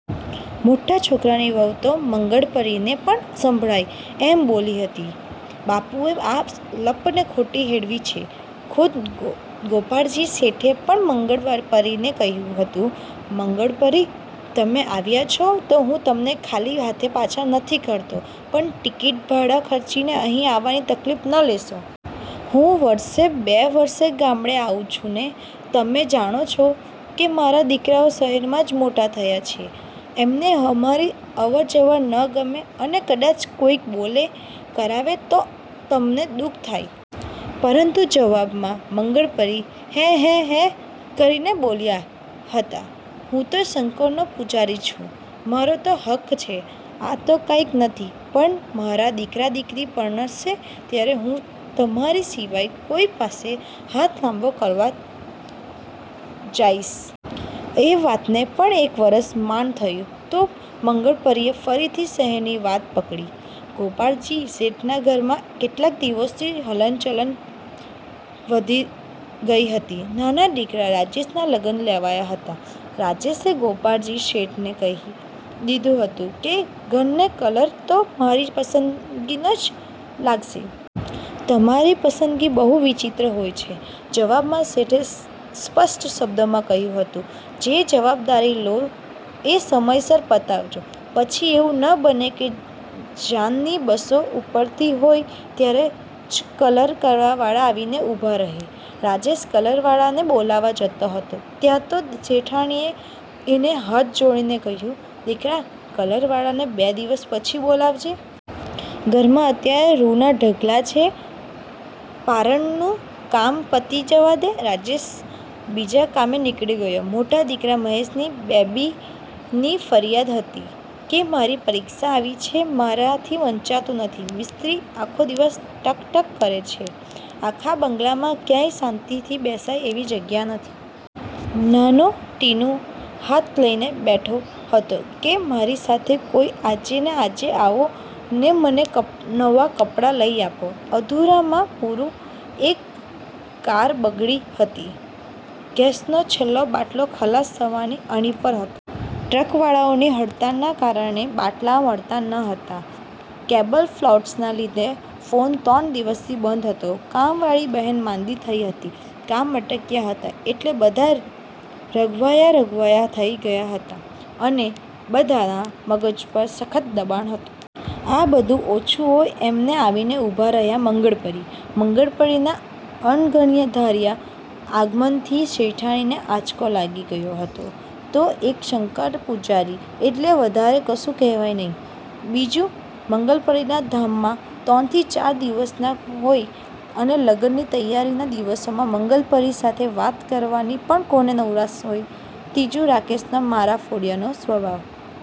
મોટા છોકરાની વહુ તો મંગળપરીને પણ સંભળાય એમ બોલી હતી, "બાપુજીએ આ લપને ખોટી હેળવી છે." ખુદ ગોપાળજી શેઠે પણ મંગળપરીને કહ્યું હતું, "મંગળપરી, તમે આવ્યા છો તો હું તમને ખાલી હાથે પાછા નથી કાઢતો, પણ ટિકિટભાડાં ખર્ચીને અહીં આવવાની તકલીફ ન લેશો. હું વરસે, બે વરસે ગામડે આવું જ છુંને? તમે જાણો જ છો કે મારા દીકરાઓ શહેરમાં જ મોટા થયા છે. એમને તમારી અવરજવર ન ગમે અને કદાચ કોઈ બોલે કરાવે તો તમને દુઃખ થાય." પરંતુ જવાબમાં મંગળપરી હેં-હેં-હેં કરીને બોલ્યા હતા,"હું તો શંકરનો પૂજારી છું. મારો તો હક છે. આ તો કાંઈ નથી, પણ મારા દીકરા-દીકરી પરણશે ત્યારે હું તમાંરી સિવાય કોની સામે હાથ લાંબો કરવા જાઈશ?" એ વાતને પણ એક વરસ માંડ થયું ત્યાં તો મંગળપરીએ ફરીથી શહેરની વાટ પકડી. ગોપાળજી શેઠના ઘરમાં કેટલાક દિવસોથી ચહલ-પહલ વધી ગઈ હતી. નાના દીકરા રાજેશનાં લગ્ન લેવાયાં હતાં. રાજેશે ગોપાળજી શેઠને કહી દીધું હતું કે, "ઘરને કલર તો મારી પસંદગીનો જ લાગશે. તમારી પસંદગી બહુ વિચિત્ર હોય છે." જવાબમાં શેઠે સ્પષ્ટ શબ્દોમાં કહ્યું હતું,"જે જવાબદારી લો એ સમયસર પતાવજો. પછી એવું ન બને કે જાનની બસો ઉપડતી હોય ત્યારે જ કલરવાળા આવીને ઊભા રહે." રાજેશ કલરવાળાને બોલાવવા જતો હતો ત્યાં તો શેઠાણીએ એને હાથ જોડીને કહ્યું,"દીકરા, કલરવાળાને બે દિવસ પછી બોલાવજે. ઘરમાં અત્યારે રૂ ના ઢગલા છે. પાગરણનું કામ પતી જવા દે." રાજેશ બીજા કામે નીકળી ગયો. મોટા દીકરા મહેશની બેબીની ફરિયાદ હતી કે "મારી પરીક્ષા આવી છે ને મારાથી વંચાતું નથી, મિસ્ત્રી આખો દિવસ ઠક-ઠક કરે છે, આખા બંગલામાં ક્યાંય શાંતિથી બેસાય એવી જગ્યા નથી." નાનો ટીનું હાથ લઈને બેઠો હતો કે,"મારી સાથે કોઈ આજે ને આજે આવો ને મને નવાં કપડાં લઈ આપો." અધૂરામાં પૂરું એક કાર બગડી હતી. ગેસનો છેલ્લો બાટલો ખલાસ થવાની અણી પર હતો. ટ્રકવાળાઓની હડતાલના કારણે બાટલા મળતા નહોતા. કેબલફૉલ્ટના લીધે ફોન ત્રણ દિવસથી બંધ હતો. કામવાળી બહેન માંદી થઈ ગઈ હતી. કામ અટક્યાં હતાં એટલે બધાં રઘવાયાં-રઘવાયાં થઈ ગયાં હતાં, અને બધાનાં મગજ પર સખત દબાણ હતું. આ બધું ઓછું હોય એમ આવીને ઊભા રહ્યા મંગળપરી. મંગળપરીના અણધાર્યા આગમનથી શેઠાણીને આંચકો લાગી ગયો. એક તો શંકરના પૂજારી એટલે વધારે કશું કહેવાય નહિ. બીજું, મંગળપરીના ધામા ત્રણથી ચાર દિવસના હોય અને લગ્નની તૈયારીના દિવસોમાં મંગળપરી સાથે વાત કરવાની પણ કોને નવરાશ હોય? ત્રીજું, રાજેશનો મારફાડિયો સ્વભાવ.